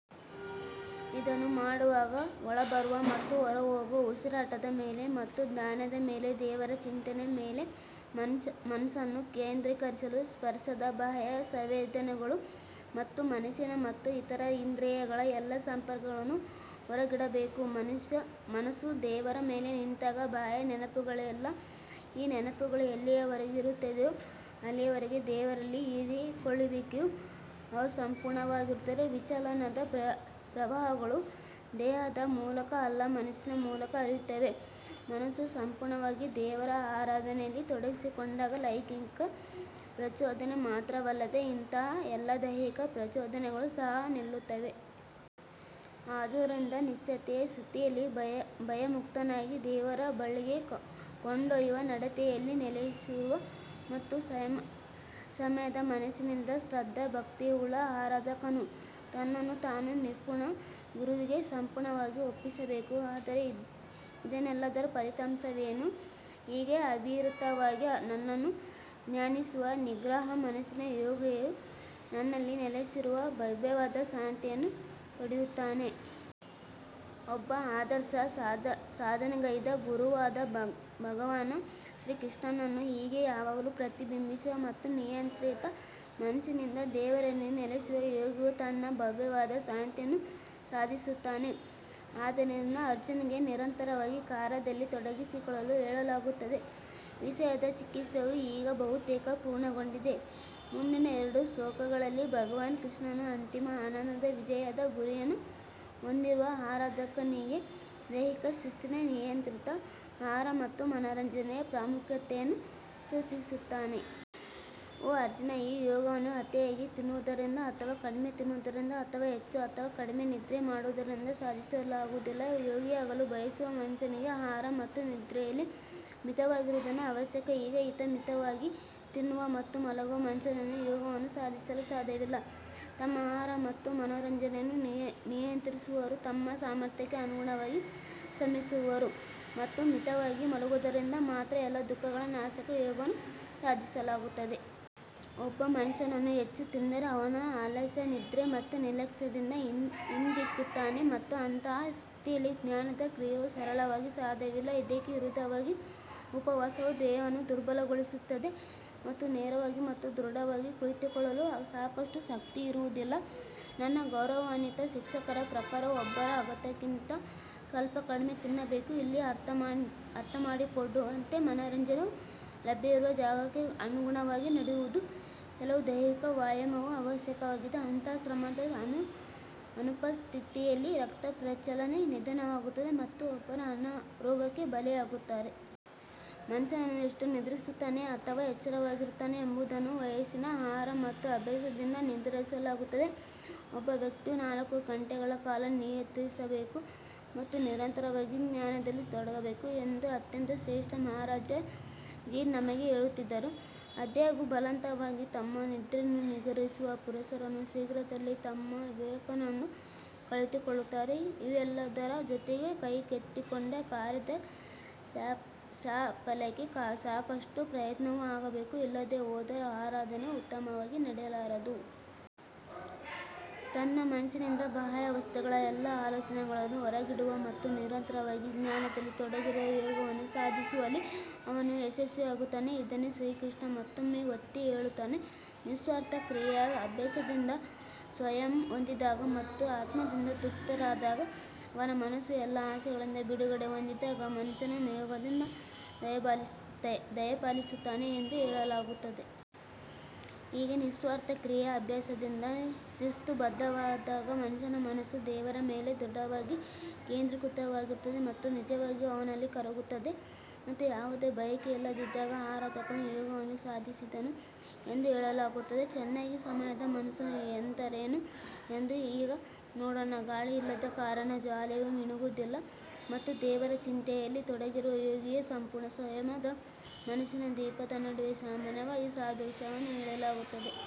ಇದನ್ನು ಮಾಡುವಾಗ, ಒಳಬರುವ ಮತ್ತು ಹೊರಹೋಗುವ ಉಸಿರಾಟದ ಮೇಲೆ ಮತ್ತು ಧ್ಯಾನದ ಮೇಲೆ ದೇವರ ಚಿಂತನೆಯ ಮೇಲೆ ಮನಸ್ಸನ್ನು ಕೇಂದ್ರೀಕರಿಸಲು ಸ್ಪರ್ಶದ ಬಾಹ್ಯ ಸಂವೇದನೆಗಳು ಮತ್ತು ಮನಸ್ಸಿನ ಮತ್ತು ಇತರ ಇಂದ್ರಿಯಗಳ ಎಲ್ಲಾ ಸಂಪರ್ಕಗಳನ್ನು ಹೊರಗಿಡಬೇಕು. ಮನಸ್ಸು ದೇವರ ಮೇಲೆ ನಿಂತಾಗ ಬಾಹ್ಯ ನೆನಪುಗಳಿಲ್ಲ ಈ ನೆನಪುಗಳು ಎಲ್ಲಿಯವರೆಗೆ ಇರುತ್ತದೆಯೋ ಅಲ್ಲಿಯವರೆಗೆ ದೇವರಲ್ಲಿ ಹೀರಿಕೊಳ್ಳುವಿಕೆಯು ಅಪೂರ್ಣವಾಗಿರುತ್ತದೆ ವಿಚಲನದ ಪ್ರವಾಹಗಳು ದೇಹದ ಮೂಲಕ ಅಲ್ಲ ಮನಸ್ಸಿನ ಮೂಲಕ ಹರಿಯುತ್ತವೆ ಮನಸ್ಸು ಸಂಪೂರ್ಣವಾಗಿ ದೇವರ ಆರಾಧನೆಯಲ್ಲಿ ತೊಡಗಿಸಿಕೊಂಡಾಗ ಲೈಂಗಿಕ ಪ್ರಚೋದನೆ ಮಾತ್ರವಲ್ಲದೆ ಇತರ ಎಲ್ಲಾ ದೈಹಿಕ ಪ್ರಚೋದನೆಗಳು ಸಹ ನಿಲ್ಲುತ್ತವೆ. ಆದುದರಿಂದ ನಿಶ್ಚಿಂತೆಯ ಸ್ಥಿತಿಯಲ್ಲಿ ಭಯಮುಕ್ತನಾಗಿ ದೇವರ ಬಳಿಗೆ ಕೊಂಡೊಯ್ಯುವ ನಡತೆಯಲ್ಲಿ ನೆಲೆಸಿರುವ ಮತ್ತು ಸಂಯಮದ ಮನಸ್ಸಿನಿಂದ ಶ್ರದ್ಧಾಭಕ್ತಿಯುಳ್ಳ ಆರಾಧಕನು ತನ್ನನ್ನು ತಾನು ನಿಪುಣ ಗುರುವಿಗೆ ಸಂಪೂರ್ಣವಾಗಿ ಒಪ್ಪಿಸಬೇಕು. ಆದರೆ ಇದೆಲ್ಲದರ ಫಲಿತಾಂಶವೇನು ಹೀಗೆ ಅವಿರತವಾಗಿ ನನ್ನನ್ನು ಧ್ಯಾನಿಸುವ ನಿಗ್ರಹ ಮನಸ್ಸಿನ ಯೋಗಿಯು ನನ್ನಲ್ಲಿ ನೆಲೆಸಿರುವ ಭವ್ಯವಾದ ಶಾಂತಿಯನ್ನು ಪಡೆಯುತ್ತಾನೆ. ಒಬ್ಬ ಆದರ್ಶ ಸಾಧನೆಗೈದ ಗುರುವಾದ ಭಗವಾನ್ ಶ್ರೀಕೃಷ್ಣನನ್ನು ಹೀಗೆ ಯಾವಾಗಲೂ ಪ್ರತಿಬಿಂಬಿಸುವ ಮತ್ತು ನಿಯಂತ್ರಿತ ಮನಸ್ಸಿನಿಂದ ದೇವರಲ್ಲಿ ನೆಲೆಸುವ ಯೋಗಿಯು ತನ್ನ ಭವ್ಯವಾದ ಶಾಂತಿಯನ್ನು ಸಾಧಿಸುತ್ತಾನೆ. ಆದ್ದರಿಂದ ಅರ್ಜುನ್ಗೆ ನಿರಂತರವಾಗಿ ಕಾರ್ಯದಲ್ಲಿ ತೊಡಗಿಸಿಕೊಳ್ಳಲು ಹೇಳಲಾಗುತ್ತದೆ ವಿಷಯದ ಚಿಕಿತ್ಸೆಯು ಈಗ ಬಹುತೇಕ ಪೂರ್ಣಗೊಂಡಿದೆ ಮುಂದಿನ ಎರಡು ಶ್ಲೋಕಗಳಲ್ಲಿ ಭಗವಾನ್ ಕೃಷ್ಣನು ಅಂತಿಮ ಆನಂದದ ವಿಜಯದ ಗುರಿಯನ್ನು ಹೊಂದಿರುವ ಆರಾಧಕನಿಗೆ ದೈಹಿಕ ಶಿಸ್ತಿನ ನಿಯಂತ್ರಿತ ಆಹಾರ ಮತ್ತು ಮನರಂಜನೆಯ ಪ್ರಾಮುಖ್ಯತೆಯನ್ನು ಸೂಚಿಸುತ್ತಾನೆ. ಓ ಅರ್ಜುನ್ ಈ ಯೋಗವನ್ನು ಅತಿಯಾಗಿ ತಿನ್ನುವವರಿಂದ ಅಥವಾ ಕಡಿಮೆ ತಿನ್ನುವವರಿಂದ ಅಥವಾ ಹೆಚ್ಚು ಅಥವಾ ಕಡಿಮೆ ನಿದ್ರೆ ಮಾಡುವವರಿಂದ ಸಾಧಿಸಲಾಗುವುದಿಲ್ಲ. ಯೋಗಿಯಾಗಲು ಬಯಸುವ ಮನುಷ್ಯನಿಗೆ ಆಹಾರ ಮತ್ತು ನಿದ್ರೆಯಲ್ಲಿ ಮಿತವಾಗಿರುವುದು ಅವಶ್ಯಕ ಈಗ ಹಿತಮಿತವಾಗಿ ತಿನ್ನುವ ಮತ್ತು ಮಲಗುವ ಮನುಷ್ಯನು ಯೋಗವನ್ನು ಸಾಧಿಸಲು ಸಾಧ್ಯವಿಲ್ಲ ತಮ್ಮ ಆಹಾರ ಮತ್ತು ಮನೋರಂಜನೆಯನ್ನು ನಿಯಂತ್ರಿಸುವವರು ತಮ್ಮ ಸಾಮರ್ಥ್ಯಕ್ಕೆ ಅನುಗುಣವಾಗಿ ಶ್ರಮಿಸುವವರು ಮತ್ತು ಮಿತವಾಗಿ ಮಲಗುವವರಿಂದ ಮಾತ್ರ ಎಲ್ಲಾ ದುಃಖಗಳ ನಾಶಕ ಯೋಗವನ್ನು ಸಾಧಿಸಲಾಗುತ್ತದೆ. ಒಬ್ಬ ಮನುಷ್ಯನು ಹೆಚ್ಚು ತಿಂದರೆ ಅವನು ಆಲಸ್ಯ ನಿದ್ರೆ ಮತ್ತು ನಿರ್ಲಕ್ಷ್ಯದಿಂದ ಹಿಂದಿಕ್ಕುತ್ತಾನೆ ಮತ್ತು ಅಂತಹ ಸ್ಥಿತಿಯಲ್ಲಿ ಧ್ಯಾನದ ಕ್ರಿಯೆಯು ಸರಳವಾಗಿ ಸಾಧ್ಯವಿಲ್ಲ ಇದಕ್ಕೆ ವಿರುದ್ಧವಾಗಿ ಉಪವಾಸವು ದೇಹವನ್ನು ದುರ್ಬಲಗೊಳಿಸುತ್ತದೆ ಮತ್ತು ನೇರವಾಗಿ ಮತ್ತು ದೃಢವಾಗಿ ಕುಳಿತುಕೊಳ್ಳಲು ಸಾಕಷ್ಟು ಶಕ್ತಿ ಇರುವುದಿಲ್ಲ ನನ್ನ ಗೌರವಾನ್ವಿತ ಶಿಕ್ಷಕರ ಪ್ರಕಾರ ಒಬ್ಬರು ಅಗತ್ಯಕ್ಕಿಂತ ಸ್ವಲ್ಪ ಕಡಿಮೆ ತಿನ್ನಬೇಕು ಇಲ್ಲಿ ಅರ್ಥಮಾಡಿಕೊಂಡಂತೆ ಮನರಂಜನೆಯು ಲಭ್ಯವಿರುವ ಜಾಗಕ್ಕೆ ಅನುಗುಣವಾಗಿ ನಡೆಯುವುದು ಕೆಲವು ದೈಹಿಕ ವ್ಯಾಯಾಮವು ಅವಶ್ಯಕವಾಗಿದೆ, ಅಂತಹ ಶ್ರಮದ ಅನುಪಸ್ಥಿತಿಯಲ್ಲಿ ರಕ್ತ ಪರಿಚಲನೆ ನಿಧಾನವಾಗುತ್ತದೆ ಮತ್ತು ಒಬ್ಬರು ಅನಾರೋಗ್ಯಕ್ಕೆ ಬಲಿಯಾಗುತ್ತಾರೆ. ಮನುಷ್ಯನು ಎಷ್ಟು ನಿದ್ರಿಸುತ್ತಾನೆ ಅಥವಾ ಎಚ್ಚರವಾಗಿರುತ್ತಾನೆ ಎಂಬುದನ್ನು ವಯಸ್ಸಿನ ಆಹಾರ ಮತ್ತು ಅಭ್ಯಾಸದಿಂದ ನಿರ್ಧರಿಸಲಾಗುತ್ತದೆ ಒಬ್ಬ ಯೋಗಿಯು ನಾಲ್ಕು ಗಂಟೆಗಳ ಕಾಲ ನಿದ್ರಿಸಬೇಕು ಮತ್ತು ನಿರಂತರವಾಗಿ ಧ್ಯಾನದಲ್ಲಿ ತೊಡಗಬೇಕು ಎಂದು ಅತ್ಯಂತ ಶ್ರೇಷ್ಠ ಮಹಾರಾಜ್ ಜೀ ನಮಗೆ ಹೇಳುತ್ತಿದ್ದರು. ಆದಾಗ್ಯೂ, ಬಲವಂತವಾಗಿ ತಮ್ಮ ನಿದ್ರೆಯನ್ನು ನಿಗ್ರಹಿಸುವ ಪುರುಷರು ಶೀಘ್ರದಲ್ಲೇ ತಮ್ಮ ವಿವೇಕವನ್ನು ಕಳೆದುಕೊಳ್ಳುತ್ತಾರೆ ಇವೆಲ್ಲದರ ಜೊತೆಗೆ ಕೈಗೆತ್ತಿಕೊಂಡ ಕಾರ್ಯದ ಸಾಫಲ್ಯಕ್ಕೆ ಸಾಕಷ್ಟು ಪ್ರಯತ್ನವೂ ಆಗಬೇಕು, ಇಲ್ಲದೇ ಹೋದರೆ ಆರಾಧನೆಯು ಉತ್ತಮವಾಗಿ ನಡೆಯಲಾರದು. ತನ್ನ ಮನಸ್ಸಿನಿಂದ ಬಾಹ್ಯ ವಸ್ತುಗಳ ಎಲ್ಲಾ ಆಲೋಚನೆಗಳನ್ನು ಹೊರಗಿಡುವ ಮತ್ತು ನಿರಂತರವಾಗಿ ಧ್ಯಾನದಲ್ಲಿ ತೊಡಗಿರುವ ಯೋಗವನ್ನು ಸಾಧಿಸುವಲ್ಲಿ ಅವನು ಯಶಸ್ವಿಯಾಗುತ್ತಾನೆ. ಇದನ್ನೇ ಶ್ರೀಕೃಷ್ಣ ಮತ್ತೊಮ್ಮೆ ಒತ್ತಿ ಹೇಳುತ್ತಾನೆ ನಿಸ್ವಾರ್ಥ ಕ್ರಿಯೆಯ ಅಭ್ಯಾಸದಿಂದ ಸಂಯಮ ಹೊಂದಿದಾಗ ಮತ್ತು ಆತ್ಮದಿಂದ ತೃಪ್ತರಾದಾಗ ಅವನ ಮನಸ್ಸು ಎಲ್ಲಾ ಆಸೆಗಳಿಂದ ಬಿಡುಗಡೆ ಹೊಂದಿದಾಗ ಮನುಷ್ಯನು ಯೋಗದಿಂದ ದಯಪಾಲಿಸುತ್ತಾನೆ ಎಂದು ಹೇಳಲಾಗುತ್ತದೆ. ಹೀಗೆ ನಿಸ್ವಾರ್ಥ ಕ್ರಿಯೆಯ ಅಭ್ಯಾಸದಿಂದ ಶಿಸ್ತುಬದ್ಧವಾದಾಗ ಮನುಷ್ಯನ ಮನಸ್ಸು ದೇವರ ಮೇಲೆ ದೃಢವಾಗಿ ಕೇಂದ್ರೀಕೃತವಾಗಿರುತ್ತದೆ ಮತ್ತು ನಿಜವಾಗಿಯೂ ಅವನಲ್ಲಿ ಕರಗುತ್ತದೆ ಮತ್ತು ಯಾವುದೇ ಬಯಕೆಯಿಲ್ಲದಿದ್ದಾಗ ಆರಾಧಕನು ಯೋಗವನ್ನು ಸಾಧಿಸಿದನು ಎಂದು ಹೇಳಲಾಗುತ್ತದೆ. ಚೆನ್ನಾಗಿ ಸಂಯಮದ ಮನಸ್ಸು ಎಂದರೇನು ಎಂದು ಈಗ ನೋಡೋಣ ಗಾಳಿ ಇಲ್ಲದ ಕಾರಣ ಜ್ವಾಲೆಯು ಮಿನುಗುವುದಿಲ್ಲ ಮತ್ತು ದೇವರ ಚಿಂತನೆಯಲ್ಲಿ ತೊಡಗಿರುವ ಯೋಗಿಯ ಸಂಪೂರ್ಣ ಸಂಯಮದ ಮನಸ್ಸಿನ ದೀಪದ ನಡುವೆ ಸಾಮಾನ್ಯವಾಗಿ ಸಾದೃಶ್ಯವನ್ನು ಎಳೆಯಲಾಗುತ್ತದೆ.